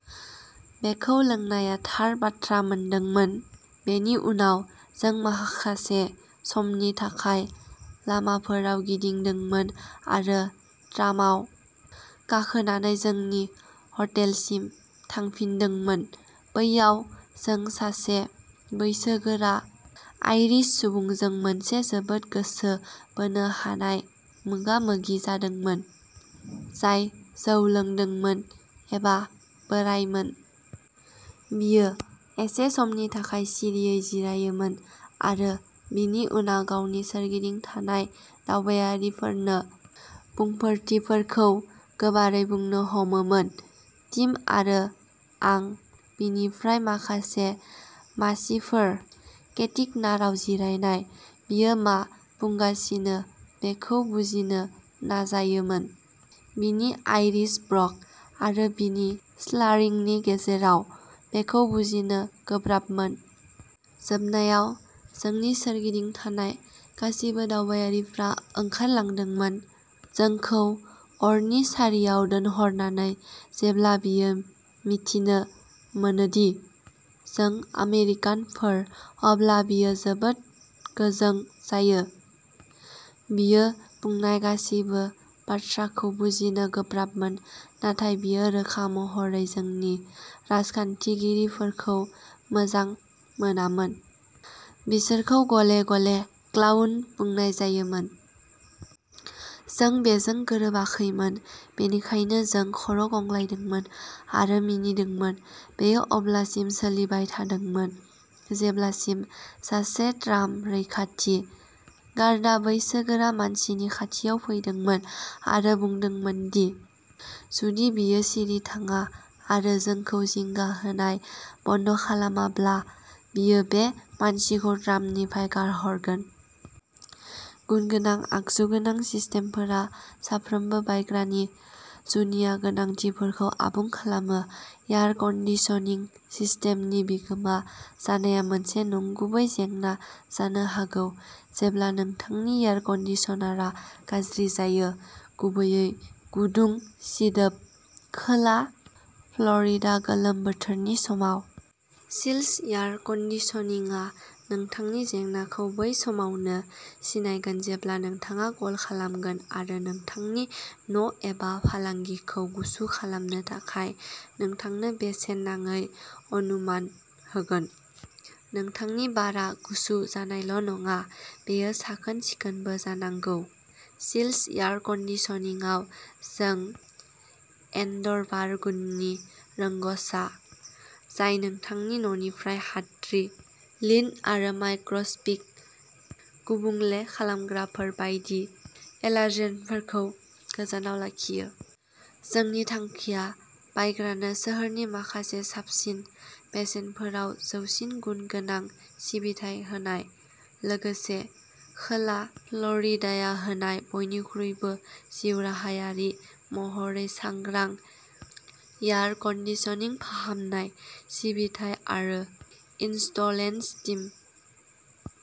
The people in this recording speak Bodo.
बेखौ लोंनाया थार बाथ्रा मोनदोंमोन। बेनि उनाव, जों माखासे समनि थाखाय लामाफोराव गिदिंदोंमोन आरो ट्रामआव गाखोनानै जोंनि हटेलसिम थांफिनदोंमोन। बैयाव, जों सासे बैसोगोरा आइरिश सुबुंजों मोनसे जोबोद गोसो बोनो हानाय मोगा-मोगि जादोंमोन, जाय जौ लोंदोंमोन एबा बोराइमोन। बियो एसे समनि थाखाय सिरियै जिरायोमोन, आरो बिनि उनाव गावनि सोरगिदिं थानाय दावबायारिफोरनो बुंफोरथिफोरखौ गोबारै बुंनो हमोमोन। टिम आरो आं बिनिफ्राय माखासे मासिफोर केटिक'नाराव जिरायनाय, बियो मा बुंगासिनो बेखौ बुजिनो नाजायोमोन। बिनि आइरिश ब्रग आरो बिनि स्लारिंनि गेजेराव, बेखौ बुजिनो गोब्राबमोन। जोबनायाव, जोंनि सोरगिदिं थानाय गासैबो दावबायारिफ्रा ओंखारलांदोंमोन, जोंखौ अरनि सारियाव दोनहरनानै। जेब्ला बियो मिथिनो मोनो दि जों आमेरिकानफोर, अब्ला बियो जोबोद गोजों जायो। बियो बुंनाय गासैबो बाथ्राखौ बुजिनो गोब्राबमोन, नाथाय बियो रोखा महरै जोंनि राजखान्थिगिरिफोरखौ मोजां मोनामोन, बिसोरखौ गले-गले "क्लाउन" बुंनाय जायोमोन। जों बेजों गोरोबाखैमोन, बेनिखायनो जों खर' गंग्लायदोंमोन आरो मिनिदोंमोन। बेयो अब्लासिम सोलिबाय थादोंमोन जेब्लासिम सासे ट्राम रैखाथि गारदा बैसोगोरा मानसिनि खाथियाव फैदोंमोन आरो बुंदोंमोन दि जुदि बियो सिरि थाङा आरो जोंखौ जिंगा होनाय बन्द' खालामाब्ला, बियो बे मानसिखौ ट्रामनिफ्राय गारहरगोन। गुनगोनां आगजु गोनां सिस्टेमफोरा साफ्रोमबो बायग्रानि जुनिया गोनांथिफोरखौ आबुं खालामो। एयार कन्दिसनिं सिस्टेमनि बिगोमा जानाया मोनसे नंगुबै जेंना जानो हागौ जेब्ला नोंथांनि एयार कन्दिसनारआ गाज्रि जायो, गुबैयै गुदुं सिदोब खोला फ्ल'रिडा गोलोम बोथोरनि समाव! चिल्स एयार कन्दिसनिंआ नोंथांनि जेंनाखौ बै सामावनो सिनायगोन जेब्ला नोंथाङा कल खालामगोन आरो नोंथांनि न' एबा फालांगिखौ गुसु खालामनो थाखाय नोंथांनो बेसेन नाङै अनुमान होगोन। नोंथांनि बारआ गुसु जानायल' नङा, बेयो साखोन-सिखोनबो जानांगौ। चिल्स एयार कन्दिसनिंआव, जों इनड'र बार गुननि रोंग'सा, जाय नोंथांनि न'निफ्राय हाद्रि, लिन्ट आरो माइक्र'स्क'पिक गुबुंले खालामग्राफोर बायदि एलार्जेनफोरखौ गोजानाव लाखियो। जोंनि थांखिया बायग्रानो सोहोरनि माखासे साबसिन बेसेनफोराव जौसिन गुन गोनां सिबिथाइ होनाय, लोगोसे खोला फ्ल'रिडाया होनाय बयनिख्रुइबो जिउराहायारि महरै सांग्रां एयार कन्दिसनिं फाहामनाय, सिबिथाइ आरो इनस्टलेन्स टीम।